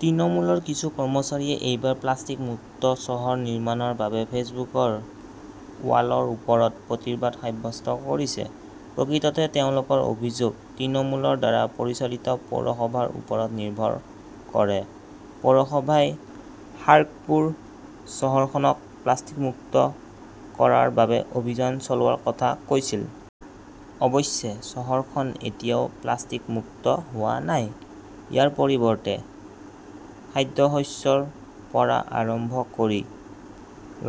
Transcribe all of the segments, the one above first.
তৃণমূলৰ কিছু কৰ্মচাৰীয়ে এইবাৰ প্লাষ্টিক মুক্ত চহৰ নিৰ্মাণৰ বাবে ফেচবুকৰ ৱালৰ ওপৰত প্ৰতিবাদ সাব্যস্ত কৰিছে। প্ৰকৃততে তেওঁলোকৰ অভিযোগ তৃণমূলৰ দ্বাৰা পৰিচালিত পৌৰসভাৰ ওপৰত নিৰ্ভৰ কৰে। পৌৰসভাই খাৰ্গপুৰ চহৰখনক প্লাষ্টিক মুক্ত কৰাৰ বাবে অভিযান চলোৱাৰ কথা কৈছিল। অৱশ্যে চহৰখন এতিয়াও প্লাষ্টিক মুক্ত হোৱা নাই। ইয়াৰ পৰিৱৰ্তে, খাদ্যশস্যৰ পৰা আৰম্ভ কৰি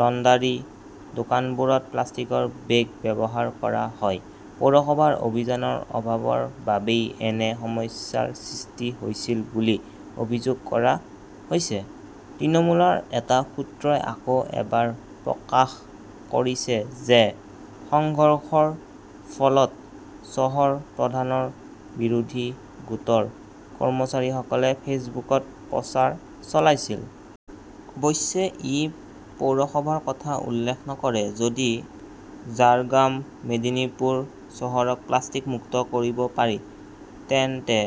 লণ্ডাৰী, দোকানবোৰত প্লাষ্টিকৰ বেগ ব্যৱহাৰ কৰা হয়। পৌৰসভাৰ অভিযানৰ অভাৱৰ বাবেই এনে সমস্যাৰ সৃষ্টি হৈছিল বুলি অভিযোগ কৰা হৈছে। তৃণমূলৰ এটা সূত্ৰই আকৌ এবাৰ প্ৰকাশ কৰিছে যে, সংঘৰ্ষৰ ফলত চহৰ প্ৰধানৰ বিৰোধী গোটৰ কৰ্মচাৰীসকলে ফেচবুকত প্ৰচাৰ চলাইছিল। অৱশ্যে ই পৌৰসভাৰ কথা উল্লেখ নকৰে। "যদি ঝাৰগ্ৰাম, মেদিনীপুৰ চহৰক প্লাষ্টিক মুক্ত কৰিব পাৰি, তেন্তে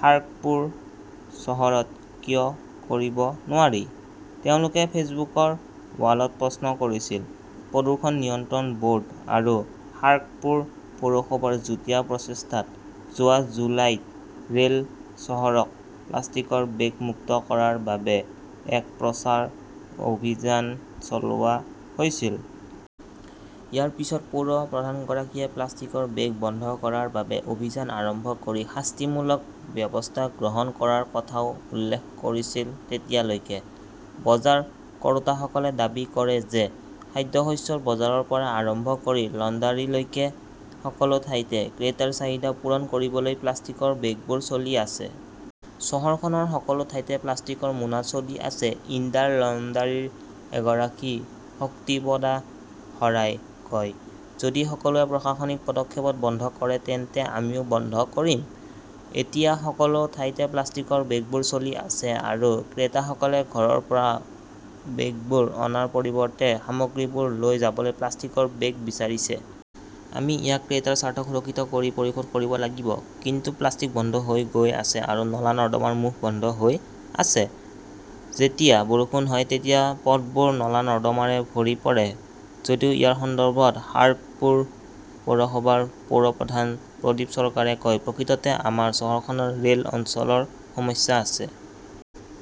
খাৰ্গপুৰ চহৰত কিয় কৰিব নোৱাৰি?", তেওঁলোকে ফেচবুকৰ ৱালত প্ৰশ্ন কৰিছিল। "প্ৰদূষণ নিয়ন্ত্ৰণ বৰ্ড আৰু খাৰ্গপুৰ পৌৰসভাৰ যুটীয়া প্ৰচেষ্টাত যোৱা জুলাইত ৰেল চহৰক প্লাষ্টিকৰ বেগ মুক্ত কৰাৰ বাবে এক প্ৰচাৰ অভিযান চলোৱা হৈছিল। ইয়াৰ পিছত পৌৰ প্ৰধানগৰাকীয়ে প্লাষ্টিকৰ বেগ বন্ধ কৰাৰ বাবে অভিযান আৰম্ভ কৰি শাস্তিমূলক ব্যৱস্থা গ্ৰহণ কৰাৰ কথাও উল্লেখ কৰিছিল তেতিয়ালৈকে। বজাৰ কৰোঁতাসকলে দাবী কৰে যে খাদ্যশস্যৰ বজাৰৰ পৰা আৰম্ভ কৰি লণ্ডাৰীলৈকে সকলো ঠাইতে ক্ৰেতাৰ চাহিদা পূৰণ কৰিবলৈ প্লাষ্টিকৰ বেগবোৰ চলি আছে। "চহৰখনৰ সকলো ঠাইতে প্লাষ্টিকৰ মোনা চলি আছে", ইণ্ডাৰ লণ্ডাৰীৰ গৰাকী শক্তিপদা ঘৰাই কয়। যদি সকলোৱে প্ৰশাসনিক পদক্ষেপত বন্ধ কৰে, তেন্তে আমিও বন্ধ কৰিম। এতিয়া সকলো ঠাইতে প্লাষ্টিকৰ বেগবোৰ চলি আছে আৰু ক্ৰেতাসকলে ঘৰৰ পৰা বেগবোৰ অনাৰ পৰিৱৰ্তে সামগ্ৰীবোৰ লৈ যাবলৈ প্লাষ্টিকৰ বেগ বিচাৰিছে। আমি ইয়াক ক্ৰেতাৰ স্বাৰ্থ সুৰক্ষিত কৰি পৰিশোধ কৰিব লাগিব। "কিন্তু প্লাষ্টিক বন্ধ হৈ গৈ আছে আৰু নলা-নৰ্দমাৰ মুখ বন্ধ হৈ আছে। যেতিয়া বৰষুণ হয়, তেতিয়া পথবোৰে নলা-নৰ্দমাৰে ভৰি পৰে। যদিও ইয়াৰ সন্দৰ্ভত খাৰ্গপুৰ পৌৰসভাৰ পৌৰপ্ৰধান প্ৰদীপ চৰকাৰে কয়, "প্ৰকৃততে আমাৰ চহৰখনত ৰেল অঞ্চলৰ সমস্যা আছে।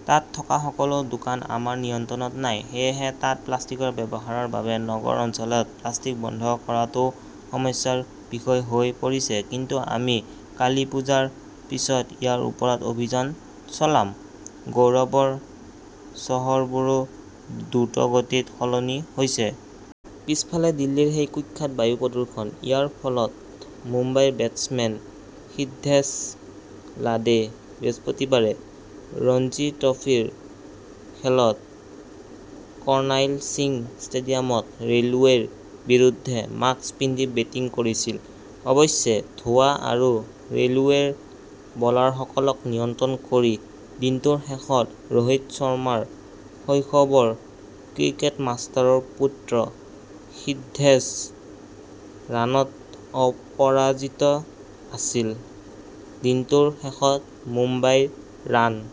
তাত থকা সকলো দোকান আমাৰ নিয়ন্ত্ৰণত নাই। সেয়েহে তাত প্লাষ্টিকৰ ব্যৱহাৰৰ বাবে নগৰ অঞ্চলত প্লাষ্টিক বন্ধ কৰাটোও সমস্যাৰ বিষয় হৈ পৰিছে। কিন্তু আমি কালীপুজাৰ পিছত ইয়াৰ ওপৰত অভিযান চলাম"। গৌৰৱৰ চহৰবোৰো দ্ৰুতগতিত সলনি হৈছে। পিছফালে দিল্লীৰ সেই কুখ্যাত বায়ু প্ৰদূষণ। ইয়াৰ ফলত মুম্বাইৰ বেটছমেন সিদ্ধেশ লাডে বৃহস্পতিবাৰে ৰঞ্জী ট্ৰফীৰ খেলত কৰ্ণাইল সিং ষ্টেডিয়ামত ৰেলৱেৰ বিৰুদ্ধে মাস্ক পিন্ধি বেটিং কৰিছিল। অৱশ্যে, ধোঁৱা আৰু ৰেলৱেৰ বলাৰসকলক নিয়ন্ত্ৰণ কৰি, দিনটোৰ শেষত ৰোহিত শৰ্মাৰ শৈশৱৰ ক্ৰিকেট-মাষ্টাৰৰ পুত্ৰ সিদ্ধেশ ৰানত অপৰাজিত আছিল। দিনটোৰ শেষত মুম্বাইৰ ৰান।